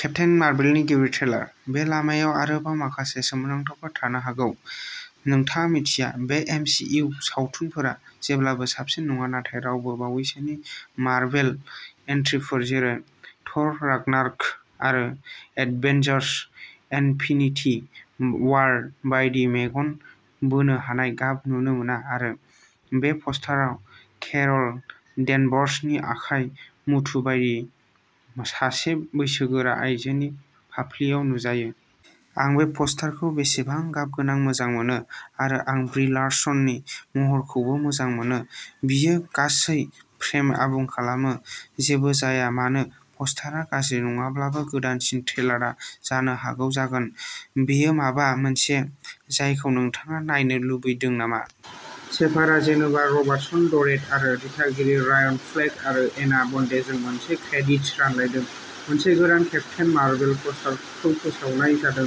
Captain मार्भेलनि गिबि trailer. बे लामायाव आरोबाव माखासे सोमोनांथावफोर थानो हागौ, नों मिथिया। बे एम सि इउ सावथुनफोरा जेब्लाबो साबसिन नङा, नाथाय रावबो बावैसोनि मार्भेल एन्ट्रिफोर जेरै थ'र रागनारक आरो एभेन्जार्स इनफिनिटि वार बायदि मेगन बोनो हानाय गाब नुनो मोना आरो बे प'स्टारआ केर'ल डेनभार्सनि आखाइ मुथु बायदि सासे बैसोगोरा आइजोनि फाफ्लिआव नुजायो। आं बे प'स्टारखौ बेसेबां गाबगोनां मोजां मोनो आरो आं ब्रि लार्सननि महरखौबो मोजां मोनो बियो गासै फ्रेमखौ आबुं खालामो। जेबो जाया मानो प'स्टारआ गाज्रि नङाब्लाबो, गोदानसिन ट्रेलारआ जानो हागौ जागोन। बेयो माबा मोनसे जायखौ नोंथाङा नायनो लुबैदों नामा? शेफारआ जेनेभा रबार्टसन ड्वरेट आरो दिथागिरि रायन फ्लेक आरो एना बडेनजों मोनसे क्रेडिट रानलायदों। मोनसे गोदान केप्टेन मार्भेल प'स्टारखौ फोसावनाय जादों,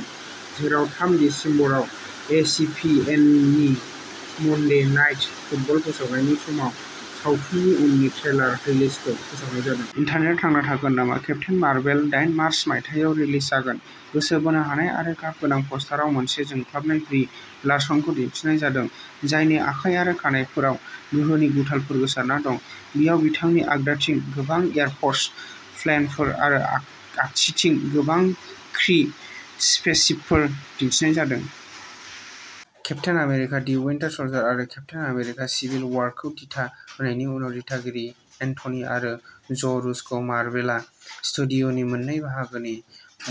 जेराव थाम दिसेम्बराव इ एस पि एननि मन्डे नाइट फुटबल फोसावनायनि समाव सावथुननि उननि ट्रेलार रिलिजखौ फोसावनाय जादों। इन्टारनेटआ थांना थागोन नामा? केप्टेन मार्भेल दाइन मार्च, मायथाइयाव रिलिज जागोन। गोसो बोनो हानाय आरो गाबगोनां पस्टारआव मोनसे जोंख्लाबनाय ब्रि लार्सनखौ दिन्थिनाय जादों, जायनि आखाइ आरो खानाइफोराव गोहोनि गुथालफोर गोसारना दं। बेयाव बिथांनि आगदाथिं गोबां एयार फ'र्स प्लेनफोर आरो आगसिथिं गोबां क्रि स्पेसशिपफोरबो दिन्थिनाय जादों। Captain America the Winter Soldier आरो केप्टेन अमेरिका सिभिल वारखौ दिथा होनायनि उनाव, दिथागिरि एन्थनि आरो ज' रुस'खौ मार्वेलआ स्टुडिय'नि मोननै बाहागोनि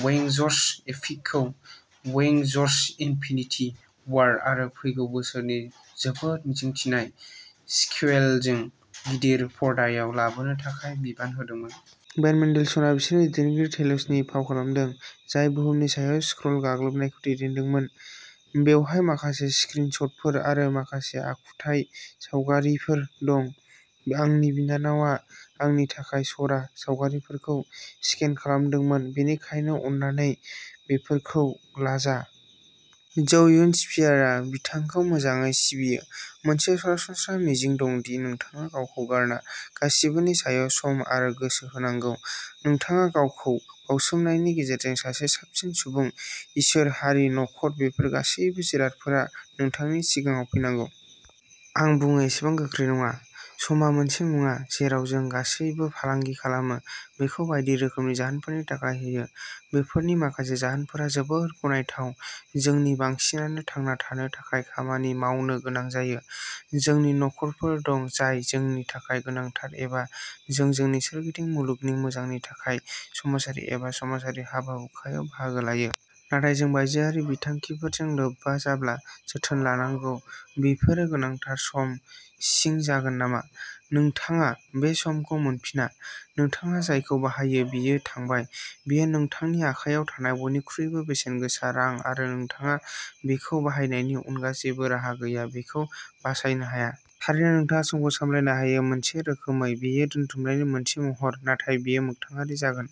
एवेंजर्स एपिकखौ एवेंजर्स इनफिनिटि वार आरो फैगौ बोसोरनि जोबोद मिजिंथिनाय सिक्वेलजों गिदिर पर्दायाव लाबोनो थाखाय बिबान होदोंमोन। बेन मेन्डेलसनआ बिसोरनि दैदेनगिरि टेल'सनि फाव खालामदों, जाय बुहुमनि सायाव स्क्रल गाग्लोबनायखौ दैदेनदों। बेवहाय माखासे स्क्रिन शटफोर आरो माखासे आखुथाय सावगारिफोर दं। आंनि बिनानावआ आंनि थाखाय चरा सावगारिफोरखौ स्केन खालामदोंमोन, बेनिखायनो अन्नानै बेफोरखौ लाजा। झौ युननि स्पियारआ बिथांखौ मोजाङै सिबियो। मोनसे सरासनस्रा मिजिं दं दि नोंथाङा गावखौ गारना गासिबोनि सायाव सम आरो गोसो होनांगौ। नोंथाङा गावखौ बावसोमनायनि गेजेरजों सासे साबसिन सुबुं। इसोर, हारि, नखर बेफोर गासैबो जिरादफोरा नोंथांनि सिगाङाव फैनांगौ। आं बुङो एसेबां गोख्रै नङा। समआ मोनसे मुवा जेराव जों गासैबो फालांगि खालामो, बेखौ बायदि रोखोमनि जाहोनफोरनि थाखाय होयो। बेफोरनि माखासे जाहोनफोरा जोबोद गनायथाव जोंनि बांसिनानो थांना थानो थाखाय खामानि मावनो गोनां जायो, जोंनि नखरफोर दं जाय जोंनि थाखाय गोनांथार एबा जों जोंनि सोरगिदिं मुलुगनि मोजांनि थाखाय समाजारि एबा समाजारि हाबा हुखायाव बाहागो लायो। नाथाय जों बायजोआरि बिथांखिफोरजों लोब्बा जाब्ला जोथोन लानांगौ बेफोरो गोनांथार सम सिं जागोन नामा? नोंथाङा बे समखौ मोनफिना। नोंथाङा जायखौ बाहायो बेयो थांबाय। बेयो नोंथांनि आखायाव थानाय बयनिख्रुइबो बेसेनगोसा रां आरो नोंथाङा बेखौ बाहायनायनि अनगा जेबो राहा गैया, बेखौ बासायनो हाया। थारैनो नोंथाङा समखौ सामलायनो हायो मोनसे रोखोमै बेयो दोनथुमनायनि मोनसे महर, नाथाय बेयो मोख्थाङारि जागोन।